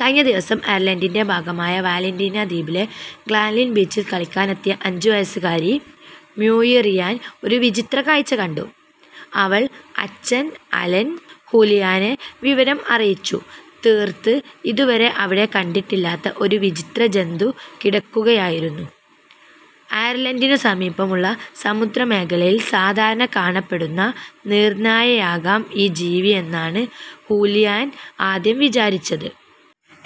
കഴിഞ്ഞ ദിവസം അയർലൻഡിന്റെ ഭാഗമായ വാലന്റീന ദ്വീപിലെ ഗ്ലാൻലിം ബീച്ചിൽ കളിക്കാനെത്തിയ അഞ്ച് വയസ്സുകാരി മ്യൂയിറിയാൻ ഒരു വിചിത്ര കാഴ്ച കണ്ടു. അവൾ അച്ഛൻ അലൻ ഹൂലിഹാനെ വിവരം അറിയിച്ചു. തീരത്ത് ഇതുവരെ അവിടെ കണ്ടിട്ടില്ലാത്ത ഒരു വിചിത്രജന്തു കിടക്കുകയായിരുന്നു. അയർലൻഡിനു സമീപമുള്ള സമുദ്രമേഖലയിൽ സാധാരണ കാണപ്പെടുന്ന നീർനായയാകാം ഈ ജീവിയെന്നാണ് ഹൂലിഹാൻ ആദ്യം വിചാരിച്ചത്.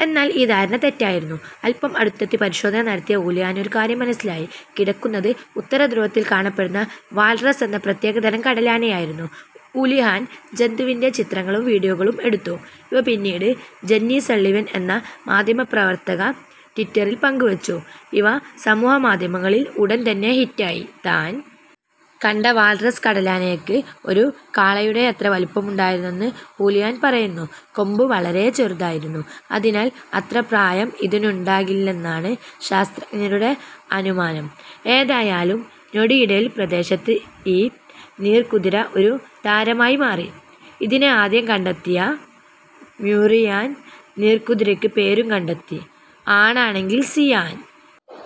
എന്നാൽ ഈ ധാരണ തെറ്റായിരുന്നു. അൽപം അടുത്തെത്തി പരിശോധന നടത്തിയ ഹൂലിഹാന് ഒരു കാര്യം മനസ്സിലായി. കിടക്കുന്നത് ഉത്തരധ്രുവത്തിൽ കാണപ്പെടുന്ന വാൽറസ് എന്ന പ്രത്യേകതരം കടലാനയായിരുന്നു. ഹൂലിഹാൻ ജന്തുവിന്റെ ചിത്രങ്ങളും വിഡിയോകളും എടുത്തു. ഇവ പിന്നീട് ജെന്നി സള്ളിവൻ എന്ന മാധ്യമപ്രവർത്തക ട്വിറ്ററിൽ പങ്കുവച്ചു. ഇവ സമൂഹമാധ്യമങ്ങളിൽ ഉടൻ തന്നെ ഹിറ്റായി. താൻ കണ്ട വാൽറസ് കടലാനയ്ക്ക് ഒരു കാളയുടെയത്ര വലുപ്പമുണ്ടായിരുന്നെന്ന് ഹൂലിഹാൻ പറയുന്നു. കൊമ്പ് വളരെ ചെറുതായിരുന്നു. അതിനാൽ അത്ര പ്രായം ഇതിനുണ്ടായിരിക്കില്ലെന്നാണ് ശാസ്ത്രജ്ഞരുടെ അനുമാനം. ഏതായാലും ഞൊടിയിടയിൽ പ്രദേശത്ത് ഈ നീർക്കുതിര ഒരു താരമായി മാറി. ഇതിനെ ആദ്യം കണ്ടെത്തിയ മ്യൂയിറിയാൻ നീർക്കുതിരയ്ക്ക് പേരും കണ്ടെത്തി. ആണാണെങ്കിൽ സിയാൻ.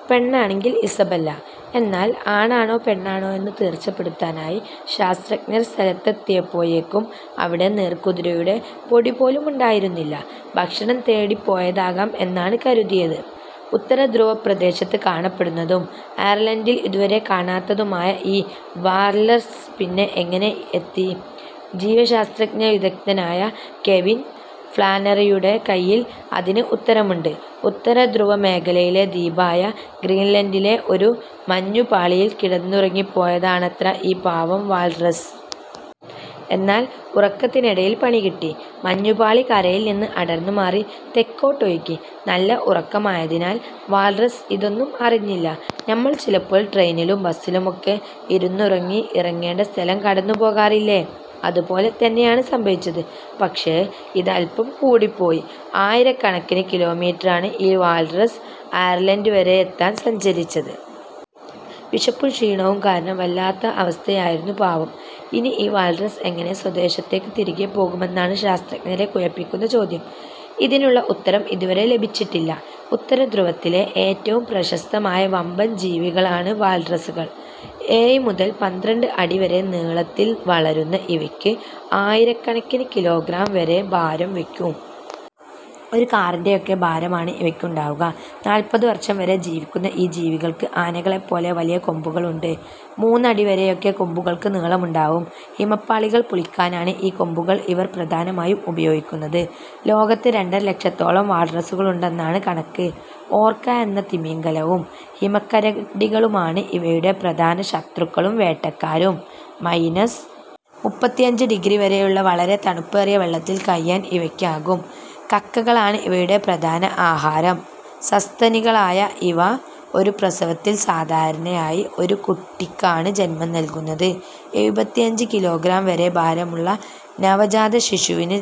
പെണ്ണാണെങ്കിൽ ഇസബെല്ല. എന്നാൽ ആണാണോ പെണ്ണാണോ എന്ന് തീർച്ചപ്പെടുത്താനായി ശാസ്ത്രജ്ഞർ സ്ഥലത്ത് എത്തിയപ്പോഴേക്കും അവിടെ നീർക്കുതിരയുടെ പൊടിപോലുമുണ്ടായിരുന്നില്ല. ഭക്ഷണം തേടിപ്പോയതാകാം എന്നാണു കരുതുന്നത്. ഉത്തരധ്രുവപ്രദേശത്ത് കാണപ്പെടുന്നതും അയർലൻഡിൽ ഇതുവരെ കാണാത്തതുമായ ഈ വാൽറസ് പിന്നെ എങ്ങനെ എത്തി. ജീവശാസ്ത്ര വിദഗ്ധനായ കെവിൻ ഫ്ലാനറിയുടെ കൈയിൽ അതിന് ഉത്തരമുണ്ട്. ഉത്തരധ്രുവ മേഖലയിലെ ദ്വീപായ ഗ്രീൻലൻഡിലെ ഒരു മഞ്ഞുപാളിയിൽ കിടന്നുറങ്ങിപ്പോയതാണത്രേ ഈ പാവം വാൽറസ്. എന്നാൽ ഉറക്കത്തിനിടയിൽ പണികിട്ടി. മഞ്ഞുപാളി കരയിൽ നിന്ന് അടർന്നുമാറി തെക്കോട്ടൊഴുകി. നല്ല ഉറക്കമായതിനാൽ വാൽറസ് ഇതൊന്നും അറിഞ്ഞില്ല. നമ്മൾ ചിലപ്പോൾ ട്രെയിനിലും ബസിലുമൊക്കെ ഇരുന്നുറങ്ങി ഇറങ്ങേണ്ട സ്ഥലം കടന്നുപോകാറില്ലേ. അതുപോലെ തന്നെയാണ് സംഭവിച്ചത്. പക്ഷേ ഇത് അൽപം കൂടിപ്പോയി. ആയിരക്കണക്കിന് കിലോമീറ്ററാണ് ഈ വാൽറസ് അയർലൻഡ് വരെയെത്താൻ സഞ്ചരിച്ചത്. വിശപ്പും ക്ഷീണവും കാരണം വല്ലാത്ത അവസ്ഥയിലുമായിരുന്നു പാവം.ഇനി ഈ വാൽറസ് എങ്ങനെ സ്വദേശത്തേക്ക് തിരികെപ്പോകുമെന്നതാണ് ശാസ്ത്രജ്ഞരെ കുഴപ്പിക്കുന്ന ചോദ്യം. ഇതിനുള്ള ഉത്തരം ഇതുവരെ ലഭിച്ചിട്ടില്ല. ഉത്തരധ്രുവത്തിലെ ഏറ്റവും പ്രശസ്തമായ വമ്പൻ ജീവികളാണ് വാൽറസുകൾ. ഏഴ് മുതൽ പന്ത്രണ്ട് അടി വരെ നീളത്തിൽ വളരുന്ന ഇവയ്ക്ക് ആയിരക്കണക്കിന് കിലോഗ്രാം വരെ ഭാരം വയ്ക്കും. ഒരു കാറിന്റെയൊക്കെ ഭാരമാണ് ഇവയ്ക്കുണ്ടാകുക. നാൽപ്പത് വർഷം വരെ ജീവിക്കുന്ന ഈ ജീവികൾക്ക് ആനകളെപ്പോലെ വലിയ കൊമ്പുകളുണ്ട്. മൂന്ന് അടി വരെയൊക്കെ കൊമ്പുകൾക്ക് നീളമുണ്ടാകും. ഹിമപാളികൾ പൊളിക്കാനാണ് ഈ കൊമ്പുകൾ ഇവർ പ്രധാനമായും ഉപയോഗിക്കുന്നത്. ലോകത്ത് രണ്ടര ലക്ഷത്തോളം വാൽറസുകളുണ്ടെന്നാണ് കണക്ക്. ഓർക്ക എന്ന തിമിംഗലവും ഹിമക്കരടികളുമാണ് ഇവയുടെ പ്രധാന ശത്രുക്കളും വേട്ടക്കാരും. മൈനസ് മുപ്പത്തിയഞ്ച് ഡിഗ്രി വരെയുള്ള വളരെ തണുപ്പേറിയ വെള്ളത്തിൽ കഴിയാൻ ഇവയ്ക്കാകും. കക്കകളാണ് ഇവയുടെ പ്രധാന ആഹാരം. സസ്തനികളായ ഇവ ഒരു പ്രസവത്തിൽ സാധാരണയായി ഒരു കുട്ടിക്കാണ് ജന്മം നൽകുന്നത്. എഴുപത്തിയഞ്ച് കിലോഗ്രാം വരെ ഭാരമുള്ള നവജാതശിശുവിന്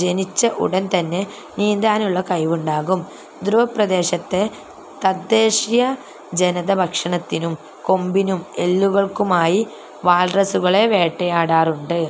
ജനിച്ച് ഉടൻ തന്നെ നീന്താനുള്ള കഴിവുണ്ടാകും. ധ്രുവപ്രദേശത്തെ തദ്ദേശീയ ജനത ഭക്ഷണത്തിനും കൊമ്പിനും എല്ലുകൾക്കുമായി വാൽറസുകളെ വേട്ടയാടാറുണ്ട്.